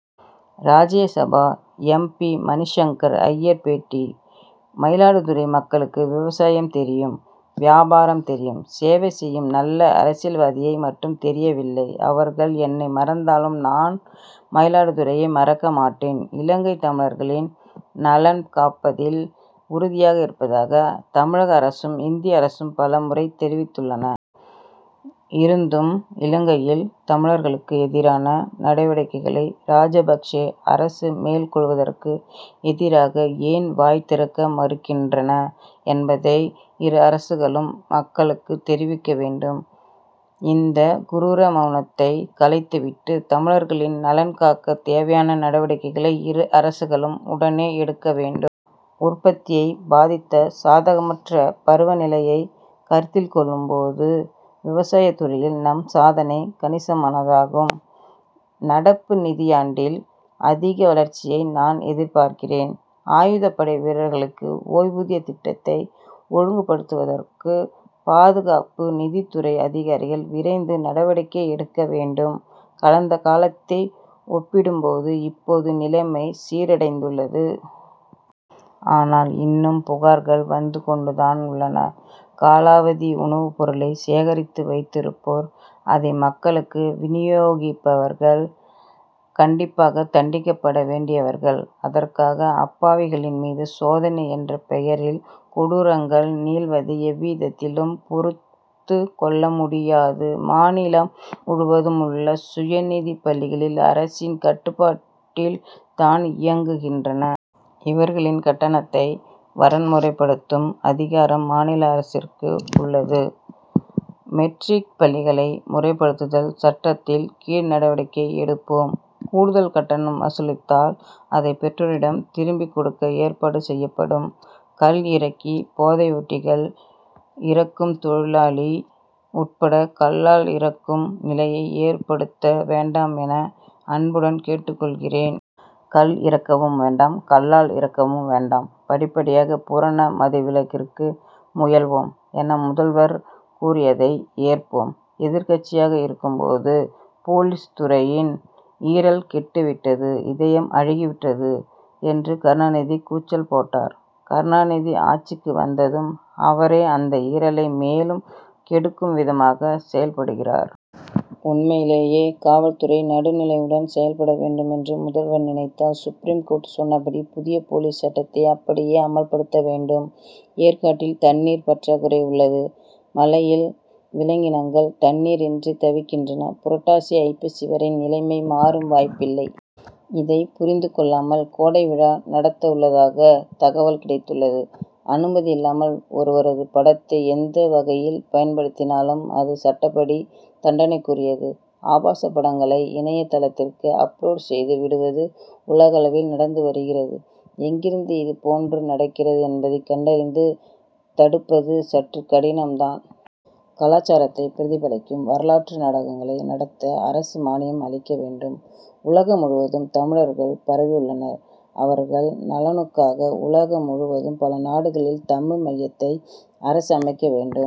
ராஜ்ய Sabha M. P. Mani Shankar Aiyar பேட்டி மயிலாடுதுறை மக்களுக்கு விவசாயம் தெரியும் வியாபாரம் தெரியும். சேவை செய்யும் நல்ல அரசியல்வாதியை மட்டும் தெரியவில்லை. அவர்கள் என்னை மறந்தாலும் நான் மயிலாடுதுறையை மறக்க மாட்டேன். இலங்கைத் தமிழர்களின் நலன் காப்பதில் உறுதியாக இருப்பதாக தமிழக அரசும் இந்திய அரசும் பல முறை தெரிவித்துள்ளன. இருந்தும் இலங்கையில் தமிழர்களுக்கு எதிரான நடவடிக்கைகளை ராஜபக்ஷே அரசு மேற்கொள்வதற்கு எதிராக ஏன் வாய் திறக்க மறுக்கின்றன என்பதை இரு அரசுகளும் மக்களுக்கு தெரிவிக்க வேண்டும். இந்த குரூர மவுனத்தை களைந்துவிட்டு தமிழர்களின் நலன் காக்க தேவையான நடவடிக்கைகளை இரு அரசுகளும் உடனே எடுக்க வேண்டும். உற்பத்தியை பாதித்த சாதகமற்ற பருவ நிலைகளை கருத்தில் கொள்ளும் போது விவசாயத் துறையில் நம் சாதனை கணிசமானதாகும். நடப்பு நிதியாண்டில் அதிக வளர்ச்சியை நான் எதிர்பார்க்கிறேன். ஆயுதப்படை வீரர்களுக்கு ஓய்வூதிய திட்டத்தை ஒழுங்குப்படுத்துவதற்கு பாதுகாப்பு நிதித்துறை அதிகாரிகள் விரைந்து நடவடிக்கை எடுக்க வேண்டும். கடந்த காலத்தை ஒப்பிடும் போது இப்போது நிலைமை சீரடைந்துள்ளது. ஆனால் இன்னும் புகார்கள் வந்து கொண்டுதான் உள்ளன. காலாவதி உணவுப் பொருளை சேகரித்து வைத்திருப்போர் அதை மக்களுக்கு வினியோகிப்பவர்கள் கண்டிப்பாக தண்டிக்கப்பட வேண்டியவர்கள். அதற்காக அப்பாவிகளின் மீது சோதனை என்ற பெயரில் கொடுங்கரங்கள் நீள்வதை எவ்விதத்திலும் பொறுத்துக் கொள்ள முடியாது. மாநிலம் முழுவதும் உள்ள சுயநிதிப் பள்ளிகள் அரசின் கட்டுப்பாட்டில் தான் இயங்குகின்றன. இவர்களின் கட்டணத்தை வரன்முறைப்படுத்தும் அதிகாரம் மாநில அரசிற்கு உள்ளது. மெட்ரிக் பள்ளிகளை முறைப்படுத்துதல் சட்டத்தின் கீழ் நடவடிக்கை எடுப்போம். கூடுதல் கட்டணம் வசூலித்தால் அதைப் பெற்றோரிடம் திருப்பிக் கொடுக்க ஏற்பாடு செய்யப்படும். கள் இறக்கி போதையூட்டி கள் இறக்கும் தொழிலாளி உட்பட கள்ளால் இறக்கும் நிலையை ஏற்படுத்த வேண்டாம் என அன்புடன் கேட்டுக் கொள்கிறேன். கள் இறக்கவும் வேண்டாம் கள்ளால் இறக்கவும் வேண்டாம். படிப்படியாக பூரண மதுவிலக்கிற்கு முயல்வோம் என முதல்வர் கூறியுள்ளதை ஏற்போம். எதிர்க்கட்சியாக இருக்கும் போது போலீஸ் துறையின் ஈரல் கெட்டுவிட்டது இதயம் அழுகிவிட்டது என்று கருணாநிதி கூச்சல் போட்டார். கருணாநிதி ஆட்சிக்கு வந்ததும் அவரே அந்த ஈரலை மேலும் கெடுக்கும் விதமாக செயல்படுகிறார். உண்மையிலேயே காவல் துறை நடுநிலையுடன் செயல்பட வேண்டும் என்று முதல்வர் நினைத்தால் சுப்ரீம் கோர்ட் சொன்னபடி புதிய போலீஸ் சட்டத்தை அப்படியே அமல்படுத்த வேண்டும். ஏற்காட்டில் தண்ணீர் பற்றாக்குறை உள்ளது. மலையில் விலங்கினங்கள் தண்ணீர் இன்றி தவிக்கின்றன. புரட்டாசி ஐப்பசி வரை நிலைமை மாறும் வாய்ப்பில்லை. இதை புரிந்து கொள்ளாமல் கோடை விழா நடத்த உள்ளதாக தகவல் கிடைத்துள்ளது. அனுமதியில்லாமல் ஒருவரது படத்தை எந்த வகையில் பயன்படுத்தினாலும் அது சட்டப்படி தண்டனைக்குரியது. ஆபாசப் படங்களை இணைய தளங்களில் அப்லோட் செய்து விடுவது உலகளவில் நடந்து வருகிறது. எங்கிருந்து இதுபோன்று நடக்கிறது என்பதை கண்டறிந்து தடுப்பது சற்று கடினம் தான். கலாசாரத்தை பிரதிபலிக்கும் வரலாற்று நாடகங்களை நடத்த அரசு மானியம் அளிக்க வேண்டும். உலகம் முழுவதும் தமிழர்கள் பரவியுள்ளனர். அவர்கள் நலனுக்காக உலகம் முழுவதும் பல நாடுகளில் தமிழ் மையத்தை அரசு அமைக்க வேண்டும்.